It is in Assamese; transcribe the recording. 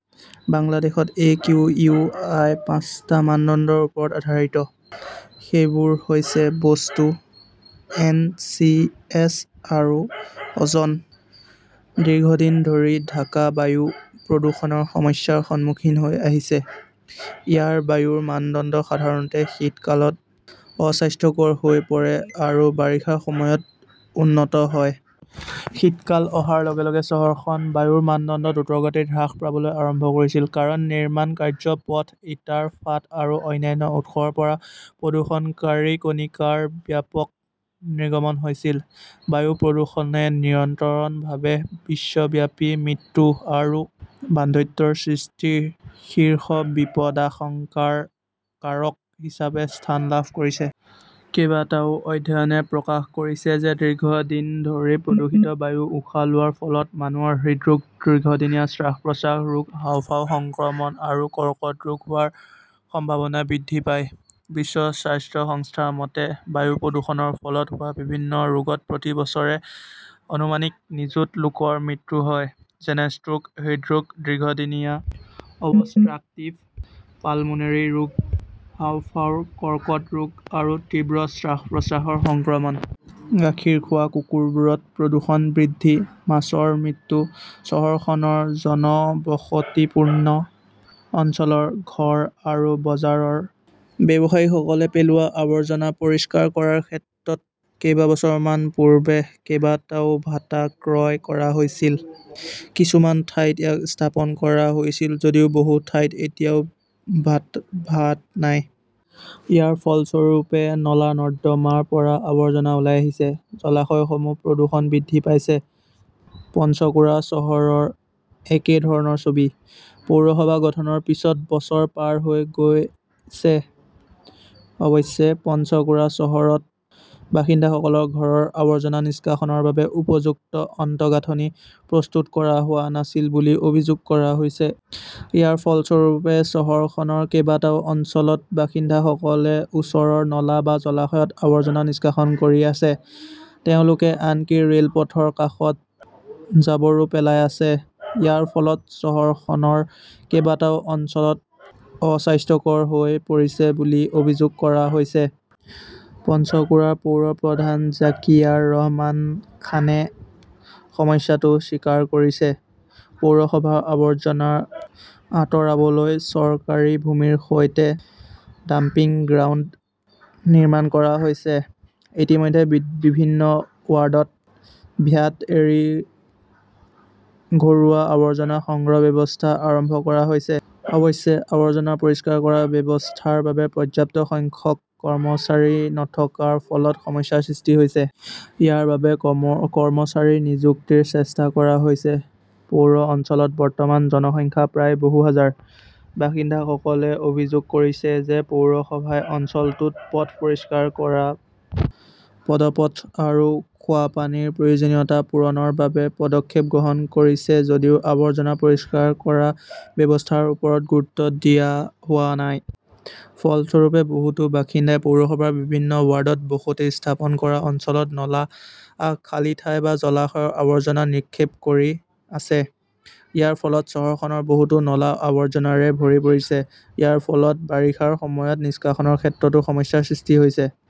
বাংলাদেশত একিউআই পাঁচটা মানদণ্ডৰ ওপৰত আধাৰিত। সেইবোৰ হৈছে-বস্তু, এনঅ, চিঅ, এছঅ, আৰু অ'জন। দীৰ্ঘদিন ধৰি ঢাকা বায়ু প্ৰদূষণৰ সমস্যাৰ সন্মুখীন হৈ আহিছে। ইয়াৰ বায়ুৰ মানদণ্ড সাধাৰণতে শীতকালত অস্বাস্থ্যকৰ হৈ পৰে আৰু বাৰিষাৰ সময়ত উন্নত হয়। শীতকাল অহাৰ লগে লগে চহৰখনৰ বায়ুৰ মানদণ্ড দ্ৰুতগতিত হ্ৰাস পাবলৈ আৰম্ভ কৰিছিল কাৰণ নিৰ্মাণ কাৰ্য্য, পথ, ইটাৰ ফাঁট আৰু অন্যান্য উৎসৰ পৰা প্ৰদূষণকাৰী কণিকাৰ ব্যাপক নিৰ্গমন হৈছিল। বায়ু প্ৰদূষণে নিৰন্তৰভাৱে বিশ্বব্যাপী মৃত্যু আৰু বন্ধ্যাত্বৰ সৃষ্টিৰ শীৰ্ষ বিপদাশংকাৰ কাৰক হিচাপে স্থান লাভ কৰিছে। কেইবাটাও অধ্যয়নে প্ৰকাশ কৰিছে যে দীৰ্ঘদিন ধৰি প্ৰদূষিত বায়ু উশাহ লোৱাৰ ফলত মানুহৰ হৃদৰোগ, দীৰ্ঘদিনীয়া শ্বাস-প্ৰশ্বাসৰ ৰোগ, হাঁওফাঁওৰ সংক্ৰমণ আৰু কৰ্কট ৰোগ হোৱাৰ সম্ভাৱনা বৃদ্ধি পায়। বিশ্ব স্বাস্থ্য সংস্থাৰ মতে, বায়ু প্ৰদূষণৰ ফলত হোৱা বিভিন্ন ৰোগত প্ৰতি বছৰে আনুমানিক নিযুত লোকৰ মৃত্যু হয়, যেনে ষ্ট্ৰোক, হৃদৰোগ, দীৰ্ঘদিনীয়া অবষ্ট্ৰাকটিভ পালমোনৰী ৰোগ, হাঁওফাঁওৰ কৰ্কট ৰোগ আৰু তীব্ৰ শ্বাস-প্ৰশ্বাসৰ সংক্ৰমণ। গাখীৰ খোৱা কুকুৰবোৰত প্ৰদূষণ বৃদ্ধি, মাছৰ মৃত্যু চহৰখনৰ জনবসতিপূৰ্ণ অঞ্চলৰ ঘৰ আৰু বজাৰৰ ব্যৱসায়ীসকলে পেলোৱা আৱৰ্জনা পৰিষ্কাৰ কৰাৰ ক্ষেত্ৰত কেইবছৰমান পূৰ্বে কেইবাটাও ভাটা ক্ৰয় কৰা হৈছিল। কিছুমান ঠাইত ইয়াক স্থাপন কৰা হৈছিল যদিও বহু ঠাইত এতিয়াও ভ্যাট নাই। ইয়াৰ ফলস্বৰূপে, নলা-নৰ্দমাৰ পৰা আৱৰ্জনা ওলাই আহিছে। জলাশয়সমূহত প্ৰদূষণ বৃদ্ধি পাইছে। পাঞ্চাকুড়া চহৰৰ একেধৰণৰ ছবি। পৌৰসভা গঠনৰ পিছত বছৰ পাৰ হৈ গৈছে। অৱশ্যে, পাঞ্চাকুড়া চহৰত বাসিন্দাসকলৰ ঘৰৰ আৱৰ্জনা নিষ্কাশনৰ বাবে উপযুক্ত আন্তঃগাঁথনি প্ৰস্তুত কৰা হোৱা নাছিল বুলি অভিযোগ কৰা হৈছে। ইয়াৰ ফলস্বৰূপে, চহৰখনৰ কেইবাটাও অঞ্চলত বাসিন্দাসকলে ওচৰৰ নলা বা জলাশয়ত আবৰ্জনা নিষ্কাশন কৰি আছে। তেওঁলোকে আনকি ৰে'লপথৰ কাষত জাবৰো পেলাই আছে। ইয়াৰ ফলত চহৰখনৰ কেইবাটাও অঞ্চল অস্বাস্থ্যকৰ হৈ পৰিছে বুলি অভিযোগ কৰা হৈছে। পাঞ্চাকুৰাৰ পৌৰ প্ৰধান জাকিয়াৰ ৰহমান খানে সমস্যাটো স্বীকাৰ কৰিছে। পৌৰসভাৰ আৱৰ্জনা আঁতৰাবলৈ চৰকাৰী ভূমিৰ সৈতে ডাম্পিং গ্ৰাউণ্ড নিৰ্মাণ কৰা হৈছে। ইতিমধ্যে বিভিন্ন ৱাৰ্ডত ভ্যাট এৰি ঘৰুৱা আৱৰ্জনা সংগ্ৰহ ব্যৱস্থাও আৰম্ভ কৰা হৈছে। অৱশ্যে, আৱৰ্জনা পৰিষ্কাৰ কৰা ব্যৱস্থাৰ বাবে পৰ্যাপ্ত সংখ্যক কৰ্মচাৰী নথকাৰ ফলত সমস্যাৰ সৃষ্টি হৈছে। ইয়াৰ বাবে কৰ্মচাৰী নিযুক্তিৰ চেষ্টা কৰা হৈছে। পৌৰ অঞ্চলত বৰ্তমান জনসংখ্যা প্ৰায় বহু হাজাৰ। বাসিন্দাসকলে অভিযোগ কৰিছে যে পৌৰসভাই অঞ্চলটোত পথ পৰিষ্কাৰ কৰা, পদপথ আৰু খোৱা পানীৰ প্ৰয়োজনীয়তা পূৰণৰ বাবে পদক্ষেপ গ্ৰহণ কৰিছে যদিও আৱৰ্জনা পৰিষ্কাৰ কৰা ব্যৱস্থাৰ ওপৰত গুৰুত্ব দিয়া হোৱা নাই। ফলস্বৰূপে, বহুতো বাসিন্দাই পৌৰসভাৰ বিভিন্ন ৱাৰ্ডত বসতি স্থাপন কৰা অঞ্চলত নলা, খালী ঠাই বা জলাশয়ত আৱৰ্জনা নিক্ষেপ কৰি আছে। ইয়াৰ ফলত চহৰখনৰ বহুতো নলা আৱৰ্জনাৰে ভৰি পৰিছে। ইয়াৰ ফলত বাৰিষাৰ সময়ত নিষ্কাশনৰ ক্ষেত্ৰতো সমস্যাৰ সৃষ্টি হৈছে।